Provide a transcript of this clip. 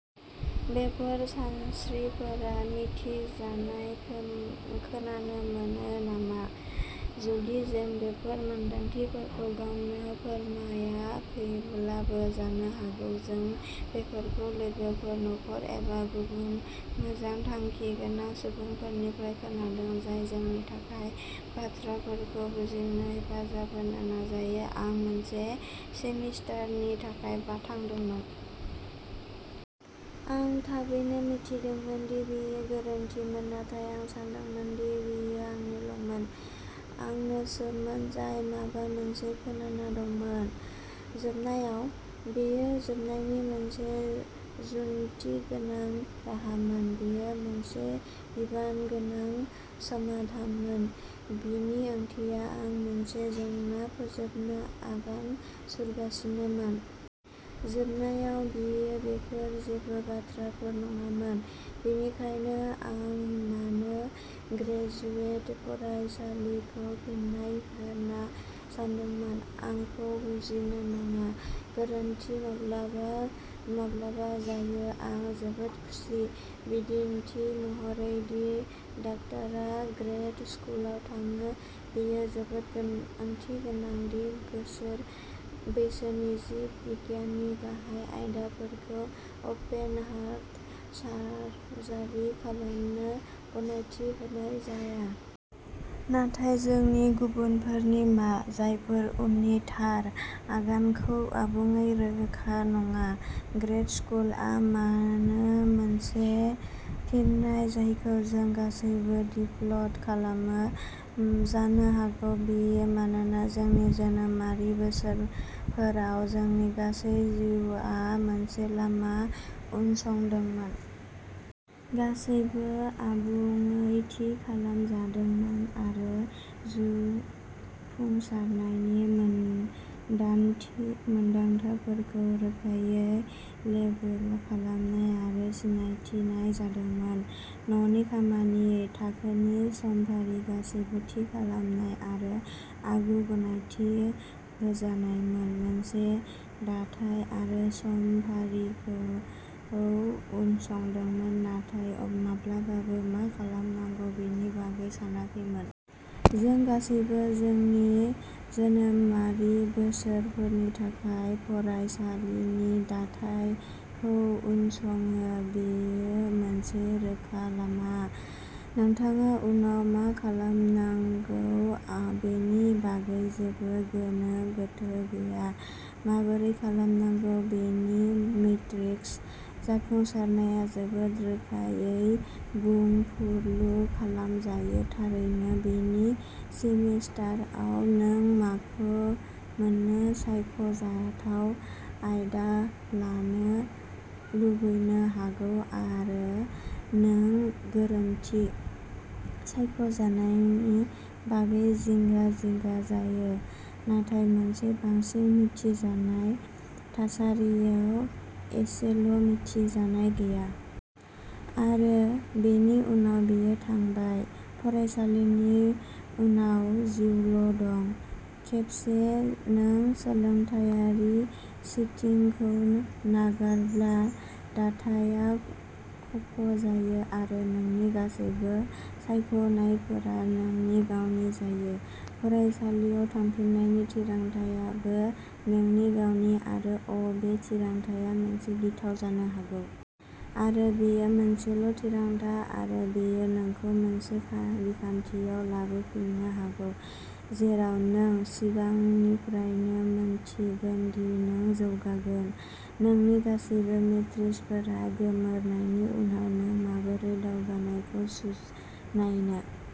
" बेफोर सानस्रिफोरा मिथिजानाय खोनानो मोनो नामा? जुदि जों बेफोर मोनदांथिफोरखौ गावनो फोरमायाखैब्लाबो, जानो हागौ जों बेफोरखौ लोगोफोर, नखर एबा गुबुन मोजां-थांखिगोनां सुबुंफोरनिफ्राय खोनादों, जाय जोंनि थाखाय बाथ्राफोरखौ बुजिनो हेफाजाब होनो नाजायो। आं मोनसे सेमिस्टारनि थाखाय थांदोंमोन। आं थाबैनो मिथिदोंमोन दि बेयो गोरोन्थिमोन, नाथाय आं सान्दोंमोन दि बेयो आंनिल'मोन। आंनोसोमोन जाय माबा मोनसे खोमाना दंमोन। जोबनायाव, बेयो जोबनायनि मोनसे जुक्तिगोनां राहामोन। बेयो मोनसे बिबानगोनां समाधानमोन। बेनि ओंथिया आं मोनसे जेंना फोजोबनो आगान सुरगासिनोमोन। जोबनायाव, बेयो बेफोर जेबो बाथ्राफोर नङामोन। बेनिखायनो आं मानो ग्रेजुवेट फरायसालिखौ फिन्नाय होनना सानदोंमोन? आंखौ बुजिनो नाङा। गोरोन्थि, माब्लाबा माब्लाबा जायो। आं जोबोद खुसि, बिदिन्थि महरै, दि डाक्टरा ग्रेद स्कुलाव थाङो। बेयो जोबोद ओंथिगोनां दि बोसोर बैसोनि जिब बिगियाननि गाहाय आयदाफोरखौ अपेन-हार्ट सार्जारि खालामनो गनायथि होनाय जाया। नाथाय, जोंनि गुबुनफोरनि मा? जायफोरा उननि "थार" आगानखौ आबुङै रोखा नङा? ग्रेद स्कुलआ मानो मोनसे फिननाय जायखौ जों गासैबो दिफल्ट खालामो? जानो हागौ बेयो मानोना जोंनि जोनोमारि बोसोरफोराव, जोंनि गासै जिउआ मोनसे लामा उनसंदोंमोन। गासैबो आबुङै थि खालामजादोंमोन आरो जाफुंसारनायनि मानदान्दाफोरखौ रोखायै लेबेल खालामनाय आरो सिनायथिनाय जादोंमोन। न'नि खामानि, थाखोनि समफारि-गासैबो थि खालामनाय आरो आगु-गनायथि होजानायमोन। मोनसे दाथाय आरो समफारिखौ उनसंदोंमोन। नोंथाङा माब्लाबाबो मा खालामनांगौ बेनि बागै सानाखैमोन। जों गासैबो जोंनि जोनोमारि बोसोरफोरनि थाखाय फरायसालिनि दाथायखौ उनसङो। बेयो मोनसे रोखा लामा। नोंथाङा उनाव मा खालामनांगौ बेनि बागै जेबो गोनो गोथो गैया। माबोरै खालामनांगौ बेनि मेट्रिक्स। जाफुंसारनाया जोबोद रोखायै बुंफुरलु खालामजायो। थारैनो, मोनसे सेमिस्टारआव नों मोननै सायख'जाथाव आयदा लानो लुबैनो हागौ आरो नों गोरोन्थि सायख'नायनि बागै जिंगा-जिंगा जायो, नाथाय मोनसे बांसिन मिथिजानाय थासारियाव इसेल'मिथिजानाय गैया। आरो बेनि उनाव बेयो थांबाय। फरायसालिनि उनाव, जिउल'दं। खेबसे नों सोलोंथायारि सेटिंखौ नागारब्ला, दाथाइया खफ'जायो आरो नोंनि गासैबो सायख'नायफोरा नोंनि गावनि जायो। फरायसालियाव थांफिननायनि थिरांथाआबो नोंनि गावनि। आरो अ ', बे थिरांथाआ बेसेबां गिथाव जानो हागौ! आरो, बेयो मोनसेल'थिरांथा, आरो बेयो नोंखौ मोनसे बिखान्थियाव लाबोफिन्नो हागौ जेराव नों सिगांनिफ्रायनो मिन्थिगोन दि नों जौगागोन। नोंनि गासैबो मेट्रिक्सफोरा गोमोरनायनि उनाव नों माबोरै दावगानायखौ सुनायो?